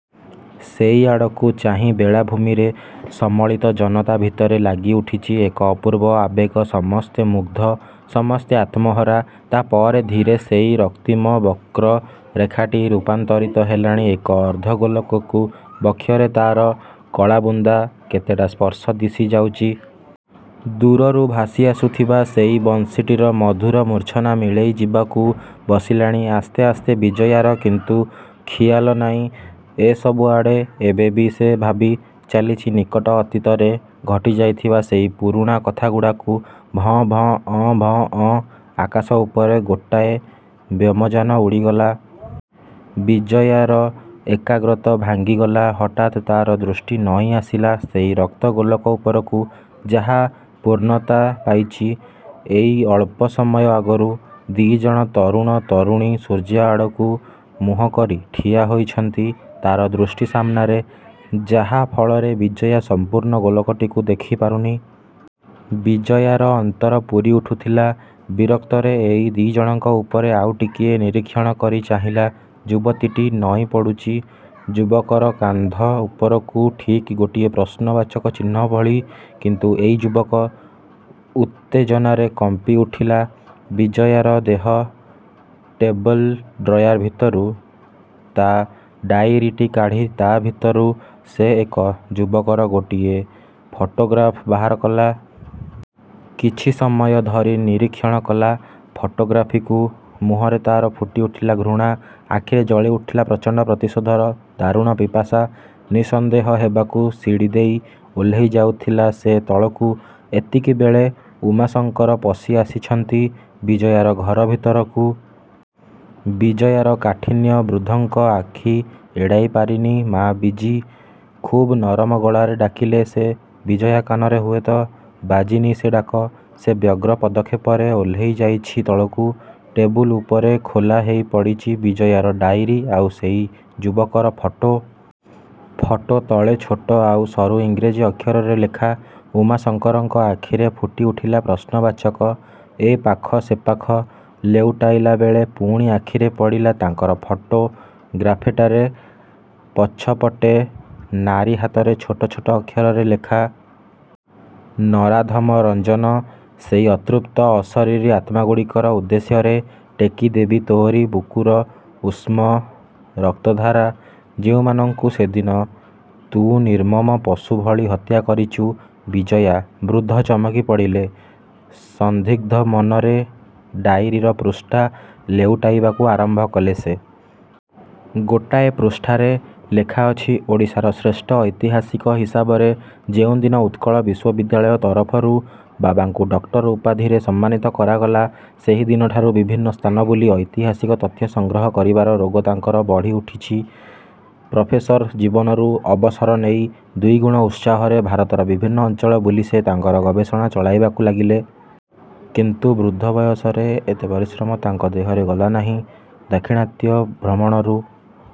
ସେଇଆଡ଼କୁ ଚାହିଁ ବେଳାଭୂମିରେ ସମଳିତ ଜନତା ଭିତରେ ଜାଗି ଉଠିଛି ଏକ ଅପୂର୍ବ ଆବେଗ ସମସ୍ତେ ମୁଗ୍ଧ। ସମସ୍ତେ ଆତ୍ମହରା। ତା' ପରେ…। ଧୀରେ ସେଇ ରକ୍ତିମ ବକ୍ର ରେଖାଟି ରୂପାନ୍ତରୀତ ହେଲାଣି ଏକ ଅର୍ଦ୍ଧ ଗୋଲକକୁ। ବକ୍ଷରେ ତା'ର କଳାବୁନ୍ଦା କେତେଟା ସ୍ପଷ୍ଟ ଦିଶି ଯାଉଚି। ଦୂରରୁ ଭାଷି ଆସୁଥିବା ସେଇ ବଂଶୀଟିର ମଧୁର ମୂର୍ଚ୍ଛନା ମିଳେଇ ଯିବାକୁ ବସିଲାଣି ଆସ୍ତେ ଆସ୍ତେ। ବିଜୟାର କିନ୍ତୁ ଖିଆଲ ନାଇଁ ଏସବୁ ଆଡ଼େ। ଏବେ ବି ସେ ଭାବି ଚାଲିଚି ନିକଟ ଅତୀତରେ ଘଟିଯାଇଥିବା ସେଇ ପୁରୁଣାକଥାଗୁଡ଼ାକୁ। ଭଁ, ଭଁ ଅଁ, ଭଁ ଅଁ… ଆକାଶ ଉପରେ ଗୋଟାଏ ବ୍ୟେମଯାନ ଉଡ଼ିଗଲା। ବିଜୟାର ଏକାଗ୍ରତ ଭାଙ୍ଗିଗଲା। ହଠାତ୍ ତା'ର ଦୃଷ୍ଟି ନଇଁ ଆସିଲା ସେଇ ରକ୍ତ ଗୋଲକ ଉପରକୁ। ଯାହା ପୂର୍ଣ୍ଣତା ପାଇଚି ଏଇ ଅଳ୍ପ ସମୟ ଆଗରୁ। ଦି'ଜଣ ତରୁଣ ତରୁଣୀ ସୂର୍ଯ୍ୟଆଡ଼କୁ ମୁହଁ କରି ଠିଆ ହୋଇଛନ୍ତି ତା'ର ଦୃଷ୍ଟି ସାମନାରେ। ଯାହା ଫଳରେ ବିଜୟା ସଂପୂର୍ଣ୍ଣ ଗୋଲକଟିକୁ ଦେଖି ପାରୁନି। ବିଜୟାର ଅନ୍ତର ପୁରି ଉଠୁଥିଲା—ବିରକ୍ତରେ ଏଇ ଦି'ଜଣଙ୍କ ଉପରେ। ଆଉ ଟିକିଏ ନିରୀକ୍ଷଣ କରି ଚାହିଁଲା। ଯୁବତୀଟି ନଇଁ ପଡ଼ୁଚି ଯୁବକର କାନ୍ଧ ଉପରକୁ ଠିକ୍ ଗୋଟିଏ ପ୍ରଶ୍ନ ବାଚକଚିହ୍ନ ଭଳି। କିନ୍ତୁ ଏଇ ଯୁବକ…..। ଉତ୍ତେଜନାରେ କମ୍ପି ଉଠିଲା, ବିଜୟାର ଦେହ। ଟେବ୍ଲ ଡ୍ରୟାର ଭିତରୁ ତା' ଡାଇରିଟି କାଢ଼ି ତା'ଭିତରୁ ସେ ଏକ ଯୁବକର ଗୋଟିଏ ଫଟୋଗ୍ରାଫ ବାହାର କଲା। କିଛିସମୟ ଧରି ନିରୀକ୍ଷଣ କଲା ଫଟୋଗ୍ରାଫଟିକୁ। ମୁହଁରେ ତା'ର ଫୁଟି ଉଠିଲା ଘୃଣା। ଆଖିରେ ଜଳି ଉଠିଲା ପ୍ରଚଣ୍ତ ପ୍ରତିଶୋଧର ଦାରୁଣ ପିପାସା। ନିଃସନ୍ଦେହ ହେବାକୁ ସିଡ଼ି ଦେଇ ଓହ୍ଲେଇ ଯାଉଥିଲା ସେ ତଳକୁ, ଏତିକି ବେଳେ ଉମାଶଙ୍କର ପଶି ଆସିଛନ୍ତି ବିଜୟାର ଘର ଭିତରକୁ। ବିଜୟାର କାଠିନ୍ୟ ବୃଦ୍ଧଙ୍କ ଆଖି ଏଡ଼ାଇ ପାରିନି। "ମା, ବିଜୀ! '' ଖୁବ୍ ନରମ ଗଳାରେ ଡାକିଲେ ସେ। ବିଜୟା କାନରେ ହୁଏତ ବାଜି ନି ସେ ଡାକ। ସେ ବ୍ୟଗ୍ର, ପଦକ୍ଷେପରେ ଓହ୍ଲେଇ ଯାଇଛି ତଳକୁ। ଟେବୁଲ୍ ଉପରେ ଖୋଲା ହେଇ ପଡ଼ିଚି ବିଜିୟାର ଡାଇରୀ ଆଉ ସେଇ ଯୁବକର ଫଟୋ। ଫଟୋ ତଳେ ଛୋଟ ଆଉ ସରୁ ଇଂରେଜୀ ଅକ୍ଷରରେ ଲେଖା— ''" ଉମାଶଙ୍କରଙ୍କ ଆଖିରେ ଫୁଟି ଉଠିଲା ପ୍ରଶ୍ନବାଚକ। ଏ ପାଖ ସେପାଖ ଲେଉଟାଇଲା ବେଳେ ପୁଣି ଆଖିରେ ପଡ଼ିଲା ତାଙ୍କର ଫଟୋ ଗ୍ରାଫେ୍ଟାରେ ପଛ ପଟେ ନାରୀ ହାତରେ ଛୋଟ ଛୋଟ ଅକ୍ଷରରେ ଲେଖା। "ନରାଧମ ରଞ୍ଜନ, ସେଇ ଅତୃପ୍ତ, ଅଶରିରୀ ଆତ୍ମାଗୁଡ଼ିକର ଉଦ୍ଦେଶ୍ୟରେ ଟେକି ଦେବି ତୋ'ରି ବୁକୁର ଉଷ୍ଣ ରକ୍ତ ଧାରା, ଯେଉଁମାନଙ୍କୁ ସେଦିନ ତୁ ନିର୍ମ୍ମମ ପଶୁ ଭଳି ହତ୍ୟା କରିଚୁ। ବିଜୟା। '' ବୃଦ୍ଧ ଚମକି ପଡ଼ିଲେ। ସନ୍ଦିଗ୍ଧ ମନରେ ଡାଇରୀର ପୃଷ୍ଠା ଲେଉଟାଇବାକୁ ଆରମ୍ଭ କଲେ ସେ। ଗୋଟାଏ ପୃଷ୍ଠାରେ ଲେଖା ଅଛି। "ଓଡ଼ିଶାର ଶ୍ରେଷ୍ଠ ଐତିହାସିକ ହିସାବରେ ଯେଉଁଦିନ ଉତ୍କଳ ବିଶ୍ଵବିଦ୍ୟାଳୟ ତରଫରୁ ବାବାଙ୍କୁ ଡକ୍ଟର ଉପାଧିରେ ସମ୍ମାନିତ କରାଗଲା, ସେହି ଦିନଠାରୁ ବିଭିନ୍ନ ସ୍ଥାନ ବୁଲି ଐତିହାସିକ ତଥ୍ୟ ସଂଗ୍ରହ କରିବାର ରୋଗ ତାଙ୍କର ବଢ଼ି ଉଠିଲା। ପ୍ରଫେସର ଜୀବନରୁ ଅବସର ନେଇ, ଦ୍ଵିଗୁଣ ଉତ୍ସାହରେ ଭାରତର ବିଭିନ୍ନ ଅଞ୍ଚଳ ବୁଲି ସେ ତାଙ୍କର ଗବେଷଣା ଚଳାଇବାକୁ ଲାଗିଲେ। କିନ୍ତୁ ବୃଦ୍ଧ ବୟସରେ ଏତେ ପରିଶ୍ରମ ତାଙ୍କ ଦେହରେ ଗଲା ନାହିଁ। ଦାକ୍ଷିଣାତ୍ୟ ଭ୍ରମଣରୁ